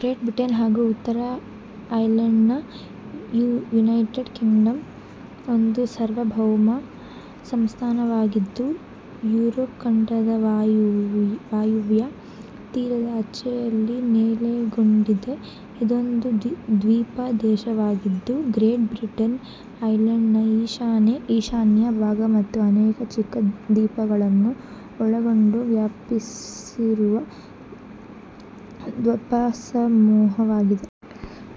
Great Britain ಹಾಗೂ ಉತ್ತರ ಐರ್ಲೆಂಡ್ನ ಯುನೈಟೆಡ್ ಕಿಂಗ್ಡಂ ಒಂದು ಸಾರ್ವಭೌಮ ಸಂಸ್ಥಾನ ವಾಗಿದ್ದು ಯುರೋಪ್ ಖಂಡದ ವಾಯುವ್ಯ ತೀರದ ಆಚೆಯಲ್ಲಿ ನೆಲೆಗೊಂಡಿದೆ. ಇದೊಂದು ದ್ವೀಪ ದೇಶ ವಾಗಿದ್ದು, ಗ್ರೇಟ್ ಬ್ರಿಟನ್, ಐರ್ಲೆಂಡ್ ನ ಈಶಾನ್ಯ ಭಾಗ ಮತ್ತು ಅನೇಕ ಚಿಕ್ಕ ದ್ವೀಪಗಳನ್ನು ಒಳಗೊಂಡು ವ್ಯಾಪಿಸಿರುವ ದ್ವೀಪಸಮೂಹ ವಾಗಿದೆ.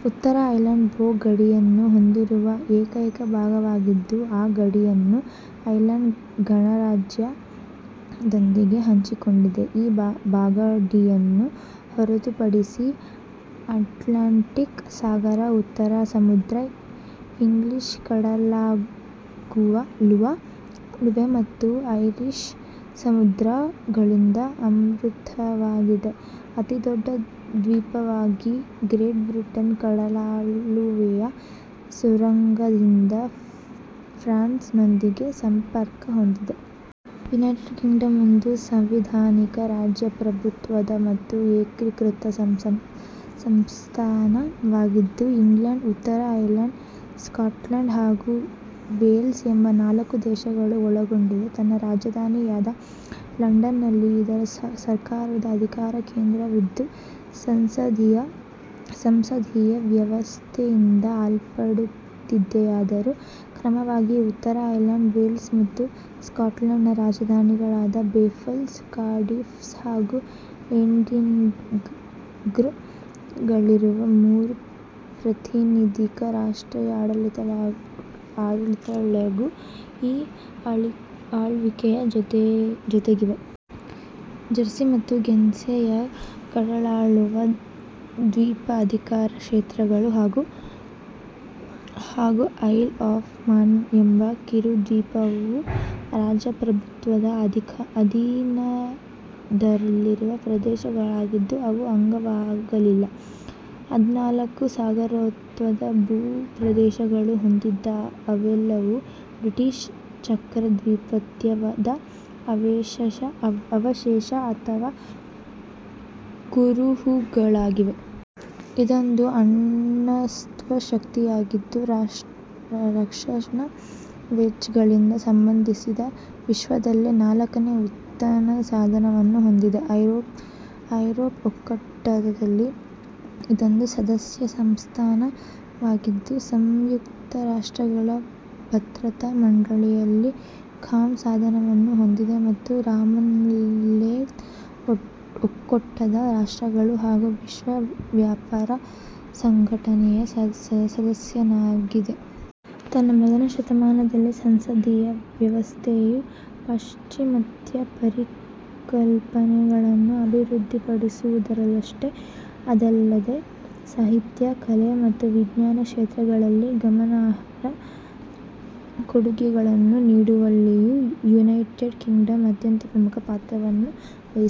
ಉತ್ತರ ಐರ್ಲೆಂಡ್, ಭೂ ಗಡಿಯನ್ನು ಹೊಂದಿರುವ ಏಕೈಕ ಭಾಗವಾಗಿದ್ದು ಆ ಗಡಿಯನ್ನು ಐರ್ಲೆಂಡ್ ಗಣರಾಜ್ಯ ದೊಂದಿಗೆ ಹಂಚಿಕೊಂಡಿದೆ. ಈ ಭೂಗಡಿಯನ್ನು ಹೊರತುಪಡಿಸಿ ಅಟ್ಲಾಂಟಿಕ್ ಸಾಗರ, ಉತ್ತರ ಸಮುದ್ರ, ಇಂಗ್ಲಿಷ್ ಕಡಲ್ಗಾಲುವೆ ಮತ್ತು ಐರಿಷ್ ಸಮುದ್ರ ಗಳಿಂದ ಆವೃತವಾಗಿದೆ. ಅತಿದೊಡ್ಡ ದ್ವೀಪವಾದ ಗ್ರೇಟ್ ಬ್ರಿಟನ್, ಕಡಲ್ಗಾಲುವೆಯ ಸುರಂಗ ದಿಂದ ಫ್ರಾನ್ಸ್ ನೊಂದಿಗೆ ಸಂಪರ್ಕ ಹೊಂದಿದೆ. ಯುನೈಟೆಡ್ ಕಿಂಗ್ಡಂ ಒಂದು ಸಾಂವಿಧಾನಿಕ ರಾಜಪ್ರಭುತ್ವ ದ ಮತ್ತು ಏಕೀಕೃತ ಸಂಸ್ಥಾನ ವಾಗಿದ್ದು, ಇಂಗ್ಲೆಂಡ್, ಉತ್ತರ ಐರ್ಲೆಂಡ್, ಸ್ಕಾಟ್ಲೆಂಡ್ ಹಾಗೂ ವೇಲ್ಸ್ ಎಂಬ ನಾಲ್ಕು ದೇಶಗಳನ್ನು ಒಳಗೊಂಡಿದೆ. ತನ್ನ ರಾಜಧಾನಿ ಯಾದ ಲಂಡನ್ ನಲ್ಲಿ ಇದರ ಸರ್ಕಾರದ ಅಧಿಕಾರ ಕೇಂದ್ರ ವಿದ್ದು ಸಂಸದೀಯ ವ್ಯವಸ್ಥೆ ಯಿಂದ ಆಳಲ್ಪಡುತ್ತಿದೆಯಾದರೂ, ಕ್ರಮವಾಗಿ ಉತ್ತರ ಐರ್ಲೆಂಡ್, ವೇಲ್ಸ್ ಮತ್ತು ಸ್ಕಾಟ್ಲೆಂಡ್ನ ರಾಜಧಾನಿಗಳಾದ ಬೆಲ್ಫಾಸ್ಟ್, ಕಾರ್ಡಿಫ್ ಹಾಗೂ ಎಡಿನ್ಬರ್ಗ್ ಗಳಲ್ಲಿರುವ ಮೂರು ಪ್ರಾತಿನಿಧಿಕ ರಾಷ್ಟ್ರೀಯ ಆಡಳಿತಗಳೂ ಈ ಆಳ್ವಿಕೆಯ ಜೊತೆಗಿವೆ. ಜೆರ್ಸಿ ಮತ್ತು ಗೆರ್ನ್ಸೆ ಯ ಕಡಲ್ಗಾಲುವೆ ದ್ವೀಪ ಅಧಿಕಾರ ಕ್ಷೇತ್ರ ಗಳು ಹಾಗೂ ಐಲ್ ಆಫ್ ಮ್ಯಾನ್ ಎಂಬ ಕಿರುದ್ವೀಪವು ರಾಜಪ್ರಭುತ್ವದ ಅಧೀನದಲ್ಲಿರುವ ಪ್ರದೇಶ ಗಳಾಗಿದ್ದು, ಅವು ಅಂಗವಾಗಿಲ್ಲ. ಹದಿನಾಲ್ಕು ಸಾಗರೋತ್ತರ ಭೂ ಪ್ರದೇಶ ಗಳನ್ನು ಹೊಂದಿದ್ದು ಅವೆಲ್ಲವೂ ಬ್ರಿಟಿಷ್ ಚಕ್ರಾಧಿಪತ್ಯ ದ ಅವಶೇಷ ಅಥವಾ ಕುರುಹುಗಳಾಗಿವೆ. ಇದೊಂದು ಅಣ್ವಸ್ತ್ರ ಶಕ್ತಿ ಯಾಗಿದ್ದು, ರಕ್ಷಣಾ ವೆಚ್ಚ ಗಳಿಗೆ ಸಂಬಂಧಿಸಿ ವಿಶ್ವದಲ್ಲೇ ನಾಲ್ಕನೇ ಉನ್ನತ ಸ್ಥಾನವನ್ನು ಹೊಂದಿದೆ. ಐರೋಪ್ಯ ಒಕ್ಕೂಟ ದಲ್ಲಿ ಇದೊಂದು ಸದಸ್ಯ ಸಂಸ್ಥಾನ ವಾಗಿದ್ದು, ಸಂಯುಕ್ತ ರಾಷ್ಟ್ರಗಳ ಭದ್ರತಾ ಮಂಡಳಿ ಯಲ್ಲಿ ಖಾಯಂ ಸ್ಥಾನವನ್ನು ಹೊಂದಿದೆ, ಮತ್ತು ಕಾಮನ್ವೆಲ್ತ್ ಒಕ್ಕೂಟದ ರಾಷ್ಟ್ರಗಳು, ಹಾಗೂ ವಿಶ್ವ ವ್ಯಾಪಾರ ಸಂಘಟನೆ ಯ ಸದಸ್ಯನಾಗಿದೆ. ತನ್ನ ಮೊದಲ ಶತಮಾನದಲ್ಲಿ, ಸಂಸದೀಯ ವ್ಯವಸ್ಥೆ ಯ ಪಾಶ್ಚಿಮಾತ್ಯ ಪರಿಕಲ್ಪನೆಗಳನ್ನು ಅಭಿವೃದ್ಧಿಪಡಿಸುವುದರಲ್ಲಷ್ಟೇ ಅಲ್ಲದೇ, ಸಾಹಿತ್ಯ, ಕಲೆ ಮತ್ತು ವಿಜ್ಞಾನ ಕ್ಷೇತ್ರಗಳಿಗೆ ಗಮನಾರ್ಹ ಕೊಡುಗೆಗಳನ್ನು ನೀಡುವಲ್ಲಿಯೂ ಯುನೈಟೆಡ್ ಕಿಂಗ್ಡಂ ಅತ್ಯಂತ ಪ್ರಮುಖ ಪಾತ್ರವನ್ನು ವಹಿಸಿತು.